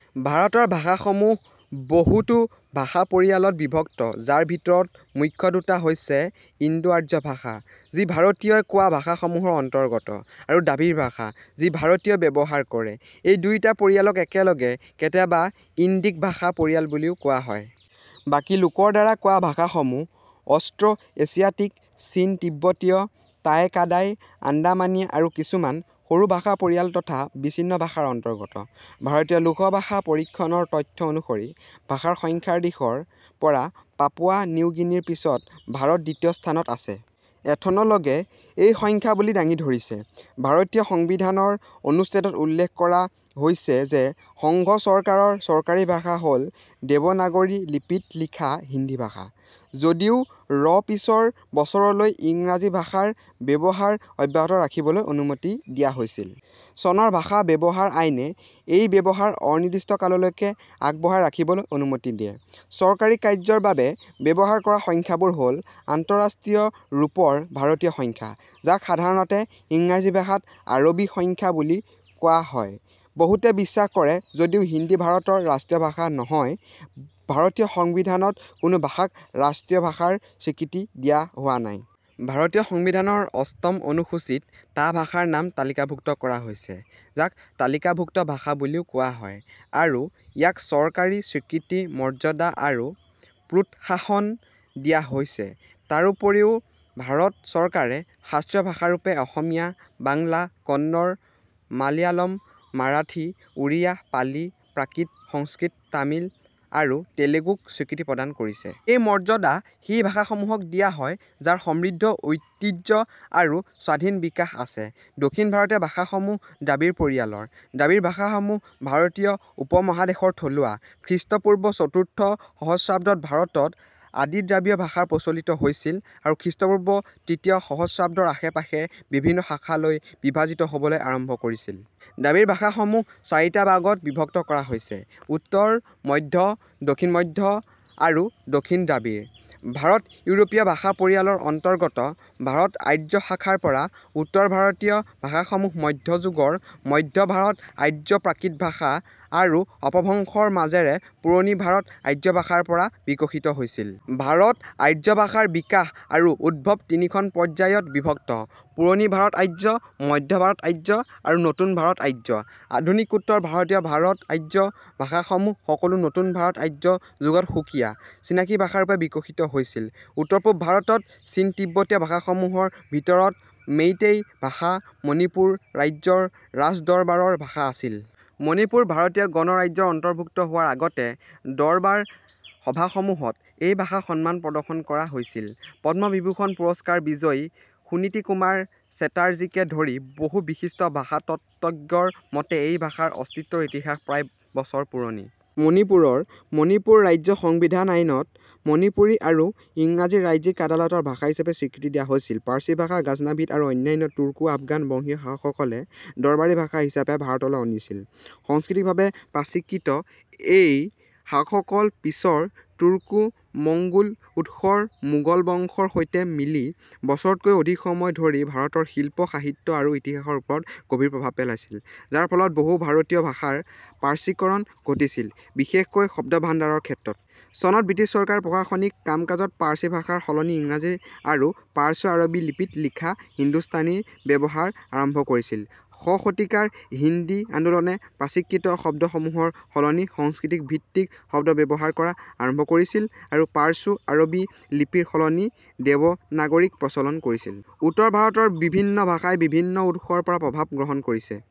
ভাৰতৰ ভাষাসমূহ বহুতো ভাষা পৰিয়ালত বিভক্ত, যাৰ ভিতৰত মুখ্য দুটা হৈছে ইণ্ডো-আৰ্য ভাষা —যি ভাৰতীয়ই কোৱা ভাষাসমূহৰ অন্তৰ্গত; আৰু দ্ৰাবিড় ভাষা—যি ভাৰতীয়ই ব্যৱহাৰ কৰে। এই দুয়োটা পৰিয়ালক একেলগে কেতিয়াবা ইণ্ডিক ভাষা পৰিয়াল বুলিও কোৱা হয়। বাকী লোকৰ দ্বাৰা কোৱা ভাষাসমূহ অষ্ট্ৰ'এচিয়াটিক, চীন-তিব্বতীয়, টাই-কাদাই, আন্দামানীয়া আৰু কিছুমান সৰু ভাষা পৰিয়াল তথা বিচ্ছিন্ন ভাষাৰ অন্তৰ্গত। ভাৰতীয় লোকভাষা পৰীক্ষণৰ তথ্য অনুসৰি, ভাষাৰ সংখ্যাৰ দিশৰ পৰা পাপুৱা নিউগিনিৰ পিছত, ভাৰত দ্বিতীয় স্থানত আছে। এথন'লগে এই সংখ্যা বুলি দাঙি ধৰিছে। ভাৰতীয় সংবিধান ৰ অনুচ্ছেদত উল্লেখ কৰা হৈছে যে সংঘ চৰকাৰৰ চৰকাৰী ভাষা হ'ল দেৱনাগৰী লিপি ত লিখা হিন্দী ভাষা, যদিও ৰ পিছৰ বছৰলৈ ইংৰাজী ভাষা ৰ ব্যৱহাৰ অব্যাহত ৰাখিবলৈ অনুমতি দিয়া হৈছিল। চনৰ ভাষা ব্যৱহাৰ আইনে এই ব্যৱহাৰ অনিৰ্দিষ্টকাললৈকে আগবঢ়াই ৰাখিবলৈ অনুমতি দিয়ে। চৰকাৰী কাৰ্যৰ বাবে ব্যৱহাৰ কৰা সংখ্যাবোৰ হ'ল "আন্তঃৰাষ্ট্ৰীয় ৰূপৰ ভাৰতীয় সংখ্যা ", যাক সাধাৰণতে ইংৰাজী ভাষাত আৰবী সংখ্যা বুলি কোৱা হয়। বহুতে বিশ্বাস কৰে যদিও হিন্দী ভাৰতৰ ৰাষ্ট্ৰীয় ভাষা নহয়; ভাৰতীয় সংবিধান ত কোনো ভাষাক ৰাষ্ট্ৰীয় ভাষাৰ স্বীকৃতি দিয়া হোৱা নাই। ভাৰতীয় সংবিধানৰ অষ্টম অনুসূচীত টা ভাষাৰ নাম তালিকাভুক্ত কৰা হৈছে, যাক তালিকাভুক্ত ভাষা বুলিও কোৱা হয় আৰু ইয়াক চৰকাৰী স্বীকৃতি, মৰ্যাদা আৰু প্ৰোৎসাহন দিয়া হৈছে। তাৰ উপৰিও, ভাৰত চৰকাৰে শাস্ত্ৰীয় ভাষা ৰূপে অসমীয়া, বাংলা, কন্নড়, মালয়ালম, মাৰাঠী, ওড়িয়া, পালি, প্ৰাকৃত, সংস্কৃত, তামিল আৰু তেলুগুক স্বীকৃতি প্ৰদান কৰিছে। এই মৰ্যাদা সেই ভাষাসমূহক দিয়া হয় যাৰ সমৃদ্ধ ঐতিহ্য আৰু স্বাধীন বিকাশ আছে। দক্ষিণ ভাৰতীয় ভাষাসমূহ দ্ৰাবিড় পৰিয়ালৰ। দ্ৰাবিড় ভাষাসমূহ ভাৰতীয় উপমহাদেশৰ থলুৱা। খ্ৰীষ্টপূৰ্ব চতুৰ্থ সহস্ৰাব্দত ভাৰতত আদিদ্ৰাবিড় ভাষা প্ৰচলিত হৈছিল আৰু খ্ৰীষ্টপূৰ্ব তৃতীয় সহস্ৰাব্দৰ আশে-পাশে বিভিন্ন শাখালৈ বিভাজিত হ'বলৈ আৰম্ভ কৰিছিল। দ্ৰাবিড় ভাষাসমূহক চাৰিটা ভাগত বিভক্ত কৰা হৈছে: উত্তৰ, মধ্য, দক্ষিণ-মধ্য, আৰু দক্ষিণ দ্ৰাবিড়। ভাৰত-ইউৰোপীয় ভাষা পৰিয়াল ৰ অন্তৰ্গত ভাৰত-আৰ্য্য শাখাৰ পৰা উত্তৰ ভাৰতীয় ভাষাসমূহ মধ্যযুগৰ মধ্য ভাৰত-আৰ্য্য প্ৰাকৃত ভাষা আৰু অপভ্ৰংশৰ মাজেৰে পুৰণি ভাৰত-আৰ্য্য ভাষাৰ পৰা বিকশিত হৈছিল। ভাৰত-আৰ্য্য ভাষাৰ বিকাশ আৰু উদ্ভৱ তিনিখন পৰ্যায়ত বিভক্ত — পুৰণি ভাৰত-আৰ্য্য, মধ্য ভাৰত-আৰ্য্য, আৰু নতুন ভাৰত-আৰ্য্য। আধুনিক উত্তৰ ভাৰতীয় ভাৰত-আৰ্য্য ভাষাসমূহ সকলো নতুন ভাৰত-আৰ্য্য যুগত সুকীয়া, চিনাকি ভাষাৰূপে বিকশিত হৈছিল। উত্তৰ-পূব ভাৰতত চীন-তিব্বতীয় ভাষাসমূহৰ ভিতৰত মেইতেই ভাষা মণিপুৰ ৰাজ্যৰ ৰাজদৰবাৰৰ ভাষা আছিল। মণিপুৰ ভাৰতীয় গণৰাজ্যৰ অন্তৰ্ভুক্ত হোৱাৰ আগতে দৰবাৰ সভাসমূহত এই ভাষাক সন্মান প্ৰদৰ্শন কৰা হৈছিল। পদ্ম বিভূষণ পুৰস্কাৰ বিজয়ী সুনীতি কুমাৰ চেটাৰ্জীকে ধৰি বহু বিশিষ্ট ভাষাতত্ত্বজ্ঞৰ মতে এই ভাষাৰ অস্তিত্বৰ ইতিহাস প্ৰায় – বছৰ পুৰণি। মণিপুৰৰ "মণিপুৰ ৰাজ্য সংবিধান আইন, "-ত মণিপুৰী আৰু ইংৰাজীক ৰাজ্যিক আদালতৰ ভাষা হিচাপে স্বীকৃতি দিয়া হৈছিল। পাৰ্চী ভাষা গাজনাভিদ আৰু অন্যান্য তুৰ্কো-আফগান বংশীয় শাসকসকলে দৰবাৰী ভাষা হিচাপে ভাৰতলৈ অনিছিল। সাংস্কৃতিকভাৱে পাৰ্চীকৃত এই শাসকসকল, পিছৰ তুৰ্কো-মংগোল উৎসৰ মোগল বংশৰ সৈতে মিলি, বছৰতকৈও অধিক সময় ধৰি ভাৰতৰ শিল্প, সাহিত্য আৰু ইতিহাসৰ ওপৰত গভীৰ প্ৰভাৱ পেলাইছিল, যাৰ ফলত বহু ভাৰতীয় ভাষাৰ পাৰ্চীকৰণ ঘটিছিল, বিশেষকৈ শব্দভাণ্ডাৰৰ ক্ষেত্ৰত। চনত ব্ৰিটিছ চৰকাৰে প্ৰশাসনিক কাম-কাজত পাৰ্চী ভাষাৰ সলনি ইংৰাজী আৰু পাৰ্চো-আৰবী লিপিত লিখা হিন্দুস্তানীৰ ব্যৱহাৰ আৰম্ভ কৰিছিল। শ শতিকাৰ হিন্দী আন্দোলনে পাৰ্চীকৃত শব্দসমূহৰ সলনি সংস্কৃত-ভিত্তিক শব্দ ব্যৱহাৰ কৰা আৰম্ভ কৰিছিল আৰু পাৰ্চো-আৰবী লিপিৰ সলনি দেৱনাগৰীক প্ৰচলন কৰিছিল।। উত্তৰ ভাৰতৰ বিভিন্ন ভাষাই বিভিন্ন উৎসৰ পৰা প্ৰভাৱ গ্ৰহণ কৰিছে।